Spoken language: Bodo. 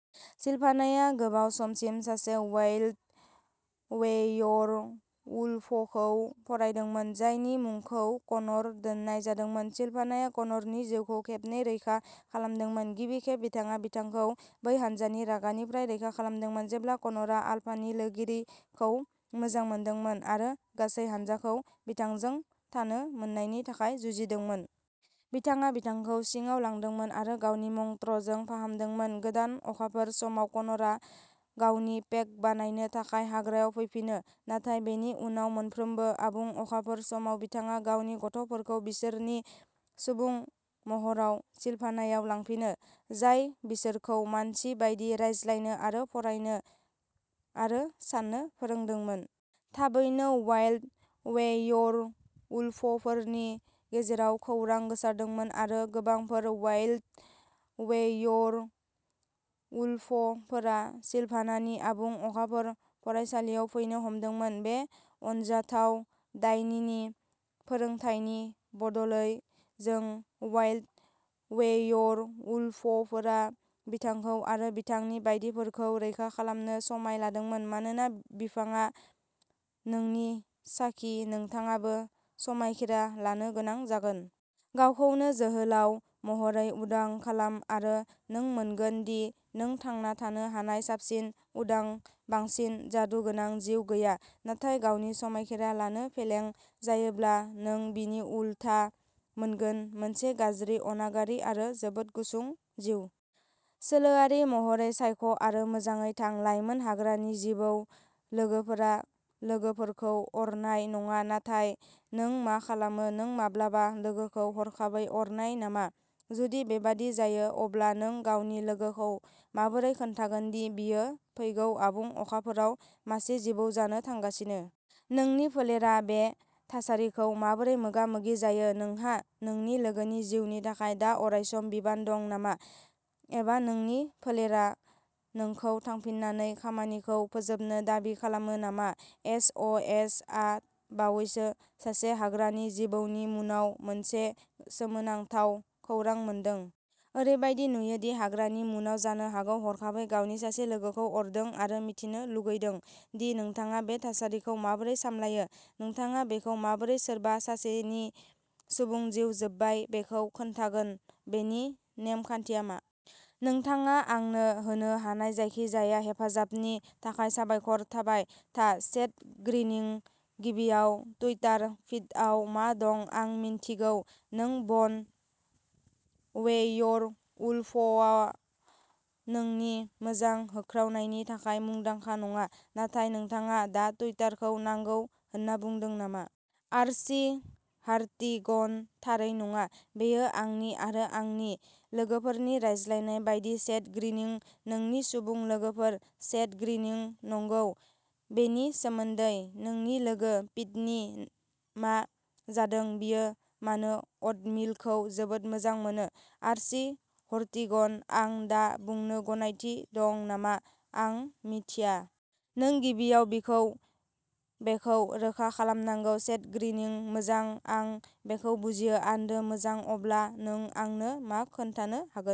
सिलभानाया गोबाव समसिम सासे वाइल्ड वेयरवुल्फखौ फरायदोंमोन, जायनि मुंखौ कनर दोननाय जादोंमोन। सिलभानाया कनरनि जिउखौ खेबनै रैखा खालामदोंमोन। गिबि खेब बिथाङा बिथांखौ बै हान्जानि रागानिफ्राय रैखा खालामदोंमोन जेब्ला कनरआ आल्फानि लोगोरिखौ मोजां मोनदोंमोन आरो गासै हान्जाखौ बिथांजों थानो मोन्नायनि थाखाय जुजिदोंमोन। बिथाङा बिथांखौ सिङाव लांदोंमोन आरो गावनि मंत्रजों फाहामदोंमोन। गोदान अखाफोर समाव, कनरआ गावनि पेक बानायनो थाखाय हाग्रायाव फैफिनो, नाथाय बेनि उनाव मोनफ्रोमबो आबुं अखाफोर समाव, बिथाङा गावनि गथ'फोरखौ बिसोरनि सुबुं महराव सिलभानायाव लांफिनो, जाय बिसोरखौ मानसि बायदि रायज्लायनो आरो फरायनो आरो साननो फोरोंदोंमोन। थाबैनो वाइल्ड वेयरवुल्फफोरनि गेजेराव खौरां गोसारदोंमोन आरो गोबांथार वाइल्ड वेयरवुल्फफोरा सिलभानानि आबुं अखाफोर फरायसालियाव फैनो हमदोंमोन। बे अनजाथाव डायनिनि फोरोंथायनि बदलै, जों वाइल्ड वेयरवुल्फफोरा बिथांखौ आरो बिथांनि बायदिफोरखौ रैखा खालामनो समाय लादोंमोन। मानोना बिफांआ नोंनि साखि, नोंथाङाबो समायखिरा लानो गोनां जागोन। गावखौनो जोहोलाव महरै उदां खालाम आरो नों मोनगोन दि नों थांना थानो हानाय साबसिन उदां, बांसिन जादुगोनां जिउ गैया। नाथाय गावनि समायखिरा लानो फेलें जायोब्ला नों बिनि उलथा मोनगोन, मोनसे गाज्रि, अनागारि आरो जोबोद गुसुं जिउ। सोलोआरि महरै सायख'आरो मोजाङै थां, लाइमोन हाग्रानि जिबौ। लोगोफोरा लोगोफोरखौ अरनाय नङा-नाथाय नों मा खालामो? नों माब्लाबा लोगोखौ हरखाबै अरनाय नामा? जुदि बेबादि जायो, अब्ला नों गावनि लोगोखौ माबोरै खोन्थागोन दि बियो फैगौ आबुं अखाफोराव मासे जिबौ जानो थांगासिनो? नोंनि फोलेरा बे थासारिखौ माबोरै मोगा-मोगि जायो? नोंहा नोंनि लोगोनि जिउनि थाखाय दा अरायसम बिबान दं नामा? एबा नोंनि फोलेरा नोंखौ थांफिननानै खामानिखौ फोजोबनो दाबि खालामो नामा? एस. अ. एस. आ बावैसो सासे हाग्रानि जिबौनि मुनाव मोनसे गोसोनांथाव खौरां मोनदों। ओरैबायदि नुयो दि हाग्रानि मुनाव जानो हागौ। हरखाबै गावनि सासे लोगोखौ अरदों आरो मिथिनो लुगैदों दि नोंथाङा बे थासारिखौ माबोरै सामलायो। नोंथाङा बेखौ माबोरै सोरबा सासेनि सुबुं जिउ जोबबाय बेखौ खोन्थागोन? बेनि नेम-खान्थिया मा? नोंथाङा आंनो होनो हानाय जायखिजाया हेफाजाबनि थाखाय साबायखर। थाबाय था। सेथ ग्रिनिं, गिबियाव टुइटार फिडआव मा दं? आं मिन्थिगौ नों बन वेयरवुल्फआ नोंनि मोजां होख्रावनायनि थाखाय मुंदांखा नङा, नाथाय नोंथाङा दा टुइटारखौ नांगौ होनना बुंदों नामा? आर्ची हार्टिगनः थारै नङा। बेयो आंनि आरो आंनि लोगोफोरनि रायज्लायनाय बायदि। सेथ ग्रिनिंः नोंनि सुबुं लोगोफोर? सेथ ग्रिनिंः नंगौ बेनि सोमोन्दै। नोंनि लोगो पिटनि मा जादों? बियो मानो अ'टमिलखौ जोबोद मोजां मोनो? आर्ची हार्टिगनः आं दा बुंनो गनायथि दं नामा आं मिथिया। नों गिबियाव बिखौ बेखौ रोखा खालामनांगौ। सेथ ग्रिनिंः मोजां, आं बेखौ बुजियो। आन्दो। मोजां। अब्ला नों आंनो मा खोन्थानो हागोन?